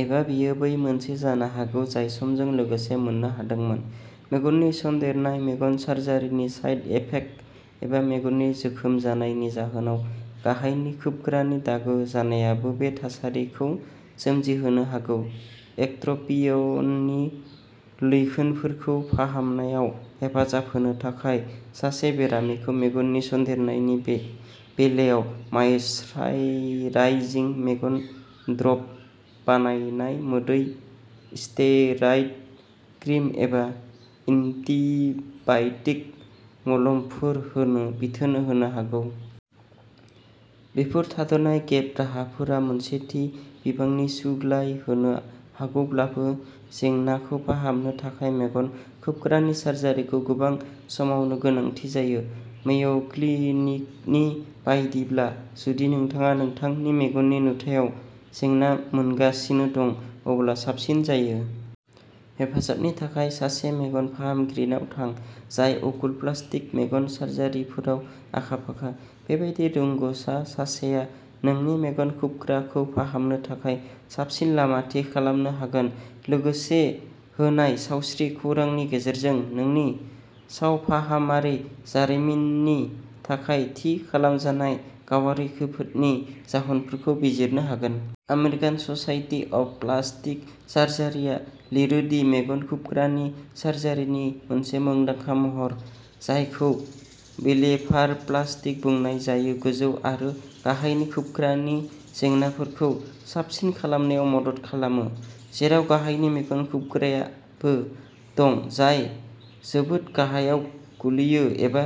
एबा बेयो बै मोनसे जानो हागौ जाय समजों लोगोसे मोननो हादोंमोन। मेगननि सन्देरनाय, मेगन सार्जारिनि साइड इफेक्ट एबा मेगननि जोखोम जानायनि जाहोनाव गाहायनि खोबग्रानि दागो जानायाबो बे थासारिखौ सोमजिहोनो हागौ। इक्ट्र'पिय'ननि लैखोनफोरखौ फाहामनायाव हेफाजाब होनो थाखाय, सासे बेरामिखौ मेगननि सन्देरनायनि बेलायाव मायिश्चाराइजिं मेगन ड्रप, बानायनाय मोदै, स्टेरइड क्रिम एबा एन्टिबाय'टिक मलमफोर होनो बिथोन होनो हागौ। बेफोर थाद'नाय गेप राहाफोरा मोनसे थि बिबांनि सुग्लाय होनो हागौब्लाबो, जेंनाखौ फाहामनो थाखाय मेगन खोबग्रानि सार्जारिखौ गोबां समावनो गोनांथि जायो। मेय'क्लिनिकनि बायदिब्ला, जुदि नोंथाङा नोंथांनि मेगननि नुथायाव जेंना मोनगासिनो दं, अब्ला साबसिन जायो। हेफाजाबनि थाखाय सासे मेगन फाहामगिरिनाव थां, जाय अकुल'प्लास्टिक मेगन सार्जारिफोराव आखा-फाखा। बेबादि रोंग'सा सासेआ नोंनि मेगन खोबग्राखौ फाहामनो थाखाय साबसिन लामा थि खालामनो हागोन, लोगोसे होनाय सावस्रि खौरांनि गेजेरजों नोंनि सावफाहामारि जारिमिननि थाखाय थि खालामजानाय गावारि खैफोदनि जाहोनफोरखौ बिजिरनो हागोन। आमेरिकान स'साइटि अफ प्लास्टिक सार्जारिआ लिरो दि मेगन खोबग्रानि सार्जारिनि मोनसे मुंदांखा महर-जायखौ ब्लेफार'प्लास्टि बुंनाय जायो-गोजौ आरो गाहायनि खोबग्रानि जेंनाफोरखौ साबसिन खालामनायाव मदद खालामो, जेराव गाहायनि मेगन खोबग्रायाबो दं, जाय जोबोद गाहायाव गोलैयो एबा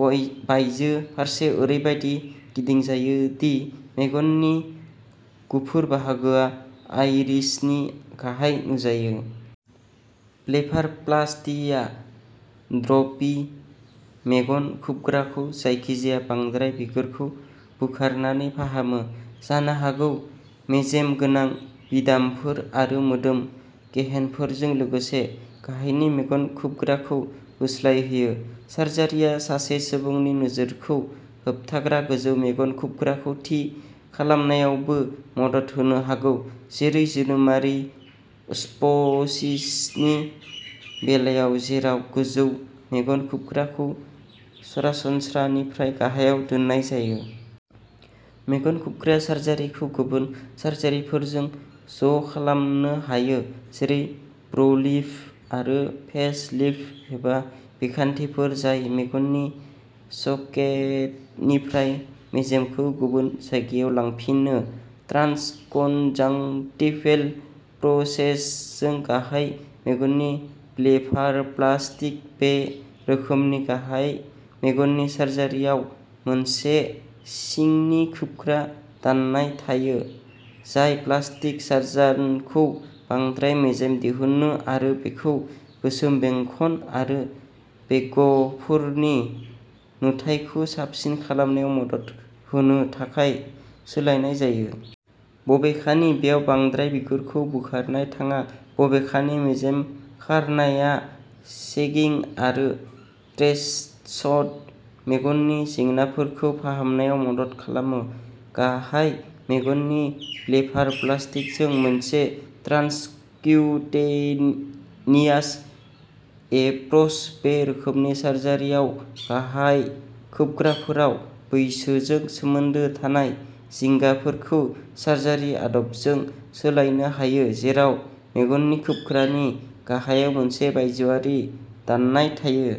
बय बायजो फारसे ओरैबादि गिदिंजायो दि मेगननि गुफुर बाहागोआ आइरिसनि गाहायाव नुजायो। ब्लेफार'प्लास्टिया ड्रपि मेगन खोबग्राखौ जायखिजाया बांद्राय बिगुरखौ बोखारनानै फाहामो, जानो हागौ मेजेम गोनां बिदामफोर आरो मोदोम गेहेनफोरजों लोगोसे गाहायनि मेगन खोबग्राखौ गुस्लायहोयो। सार्जारिआ सासे सुबुंनि नोजोरखौ होबथाग्रा गोजौ मेगन खोबग्राखौ थि खालामनायावबो मदद होनो हागौ, जेरै जोनोमारि प्ट'सिसनि बेलायाव, जेराव गोजौ मेगन खोबग्राखौ सरासनस्रानिफ्राय गाहायाव दोननाय जायो। मेगन खोबग्राया सार्जारिखौ गुबुन सार्जारिफोरजों ज'खालामनो हायो, जेरै ब्र'लिफ्ट आरो फेस लिफ्ट, एबा बिखान्थिफोर जाय मेगननि सकेटनिफ्राय मेजेमखौ गुबुन जायगायाव लांफिनो। ट्रान्सकन्जांक्टिभेल एप्रोचजों गाहाय मेगननि ब्लेफारप्लास्टि बे रोखोमनि गाहाय मेगननि सार्जारिआव मोनसे सिंनि खोबग्रा दाननाय थायो जाय प्लास्टिक सार्जानखौ बांद्राय मेजेम दिहुननो आरो बेखौ गोसोम बेंखन आरो बेगफोरनि नुथायखौ साबसिन खालामनायाव मदद होनो थाखाय सोलायनाय जायो। बबेखानि, बेयाव बांद्राय बिगुरखौ बोखारनाय थाङा, बबेखानि मेजेम खारनाया सेगिं आरो स्ट्रेच्ड मेगननि जेंनाफोरखौ फाहामनायाव मदद खालामो। गाहाय मेगननि ब्लेफारप्लास्टिजों मोनसे ट्रान्सक्युटेनियास एप्रोच बे रोखोमनि सार्जारिआव गाहाय खोबग्राफोराव, बैसोजों सोमोन्दो थानाय जिंगाफोरखौ सार्जारि आदबजों सोलायनो हायो, जेराव मेगननि खोबग्रानि गाहायाव मोनसे बायजोआरि दाननाय थायो।